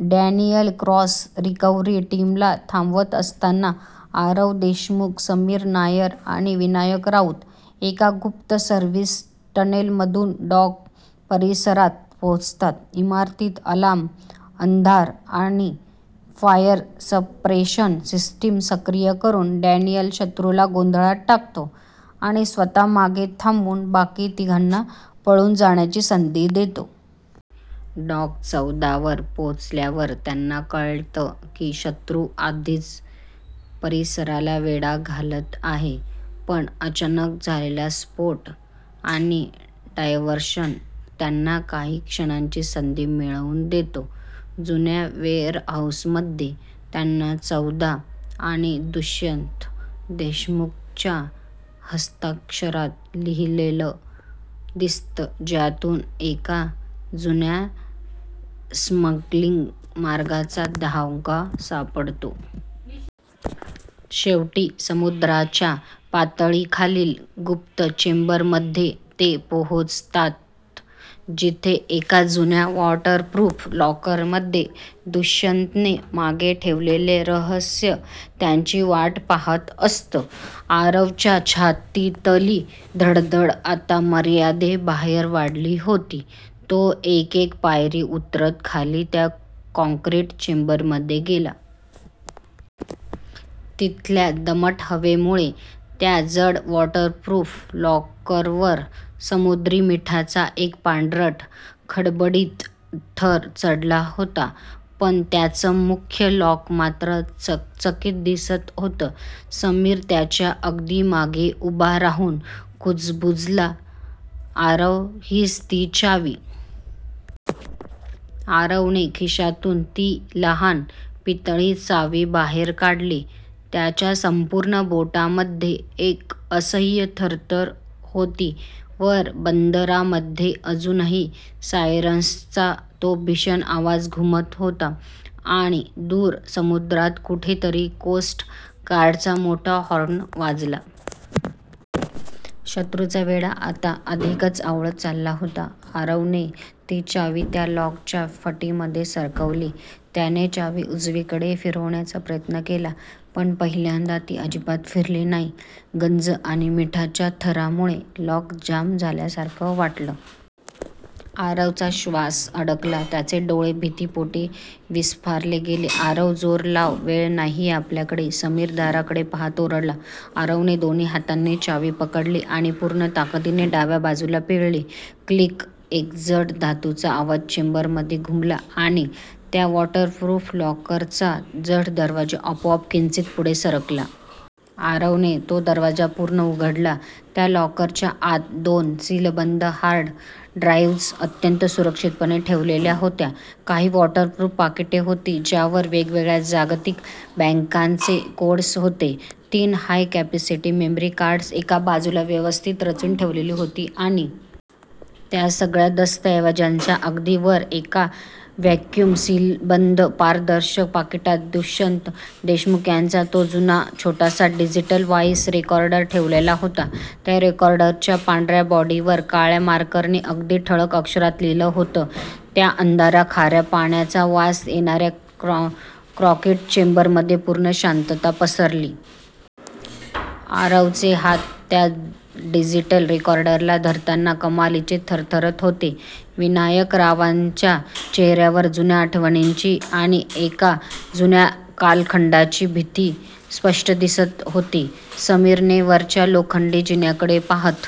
Daniel Cross recovery टीमला थांबवत असताना आरव देशमुख, समीर नायर आणि विनायक राऊत एका गुप्त सर्व्हिस टनेलमधून डॉक परिसरात पोहोचतात. इमारतीत अलार्म, अंधार आणि फायर सप्रेशन सिस्टम सक्रिय करून डॅनियल शत्रूला गोंधळात टाकतो, आणि स्वतः मागे थांबून बाकी तिघांना पळून जाण्याची संधी देतो. डॉक चौदा वर पोहोचल्यावर त्यांना कळतं की शत्रू आधीच परिसराला वेढा घालत आहे, पण अचानक झालेला स्फोट आणि डायव्हर्शन त्यांना काही क्षणांची संधी मिळवून देतो. जुन्या वेअरहाऊसमध्ये त्यांना "-चौदा " आणि दुष्यंत देशमुखच्या हस्ताक्षरात लिहिलेलं दिसतं, ज्यातून एका जुन्या स्मगलिंग मार्गाचा धागा सापडतो. शेवटी समुद्राच्या पातळीखालील गुप्त चेंबरमध्ये ते पोहोचतात, जिथे एका जुन्या वॉटरप्रूफ लॉकरमध्ये दुष्यंतने मागे ठेवलेलं रहस्य त्यांची वाट पाहत असतं. आरवच्या छातीतली धडधड आता मर्यादेबाहेर वाढली होती. तो एक-एक पायरी उतरत खाली त्या काँक्रीट चेंबरमध्ये गेला. तिथल्या दमट हवेमुळे त्या जड वॉटरप्रूफ लॉकरवर समुद्री मिठाचा एक पांढरट, खडबडीत थर चढला होता. पण त्याचं मुख्य लॉक मात्र चकचकीत दिसत होतं. समीर त्याच्या अगदी मागे उभा राहून कुजबुजला, "आरव, हीच ती चावी? " आरवने खिशातून ती लहान, पितळी चावी बाहेर काढली. त्याच्या संपूर्ण बोटांमध्ये एक असह्य थरथर होती. वर बंदरामध्ये अजूनही सायरन्सचा तो भीषण आवाज घुमत होता आणि दूर समुद्रात कुठेतरी कोस्ट गार्डचा मोठा हॉर्न वाजला. शत्रूचा वेढा आता अधिकच आवळत चालला होता. आरवने ती चावी त्या लॉकच्या फटीमध्ये सरकवली. त्याने चावी उजवीकडे फिरवण्याचा प्रयत्न केला, पण पहिल्यांदा ती अजिबात फिरली नाही. गंज आणि मिठाच्या थरामुळे लॉक जाम झाल्यासारखं वाटलं. आरवचा श्वास अडकला. त्याचे डोळे भीतीपोटी विस्फारले गेले. "आरव, जोर लाव! वेळ नाहीये आपल्याकडे! " समीर दाराकडे पाहत ओरडला. आरवने दोन्ही हातांनी चावी पकडली आणि पूर्ण ताकदीने डाव्या बाजूला पिळली. क्लिक. एक जड, धातूचा आवाज चेंबरमध्ये घुमला आणि त्या वॉटरप्रूफ लॉकरचा जड दरवाजा आपोआप किंचित पुढे सरकला. आरवने तो दरवाजा पूर्ण उघडला. त्या लॉकरच्या आत दोन सीलबंद हार्ड ड्राईव्ह्ज अत्यंत सुरक्षितपणे ठेवलेल्या होत्या. काही वॉटरप्रूफ पाकिटे होती, ज्यांवर वेगवेगळ्या जागतिक बँकांचे कोड्स होते. तीन हाय-कॅपेसिटी मेमरी कार्ड्स एका बाजूला व्यवस्थित रचून ठेवलेली होती आणि... त्या सगळ्या दस्तऐवजांच्या अगदी वर, एका व्हॅक्यूम-सीलबंद पारदर्शक पाकिटात दुष्यंत देशमुख यांचा तो जुना, छोटासा डिजिटल व्हाईस रेकॉर्डर ठेवलेला होता. त्या रेकॉर्डरच्या पांढऱ्या बॉडीवर काळ्या मार्करने अगदी ठळक अक्षरात लिहिलं होतं. त्या अंधाऱ्या, खाऱ्या पाण्याचा वास येणाऱ्या काँक्रीट चेंबरमध्ये पूर्ण शांतता पसरली. आरवचे हात त्या डिजिटल रेकॉर्डरला धरताना कमालीचे थरथरत होते. विनायकरावांच्या चेहऱ्यावर जुन्या आठवणींची आणि एका जुन्या कालखंडाची भीती स्पष्ट दिसत होती. समीरने वरच्या लोखंडी जिन्याकडे पाहत--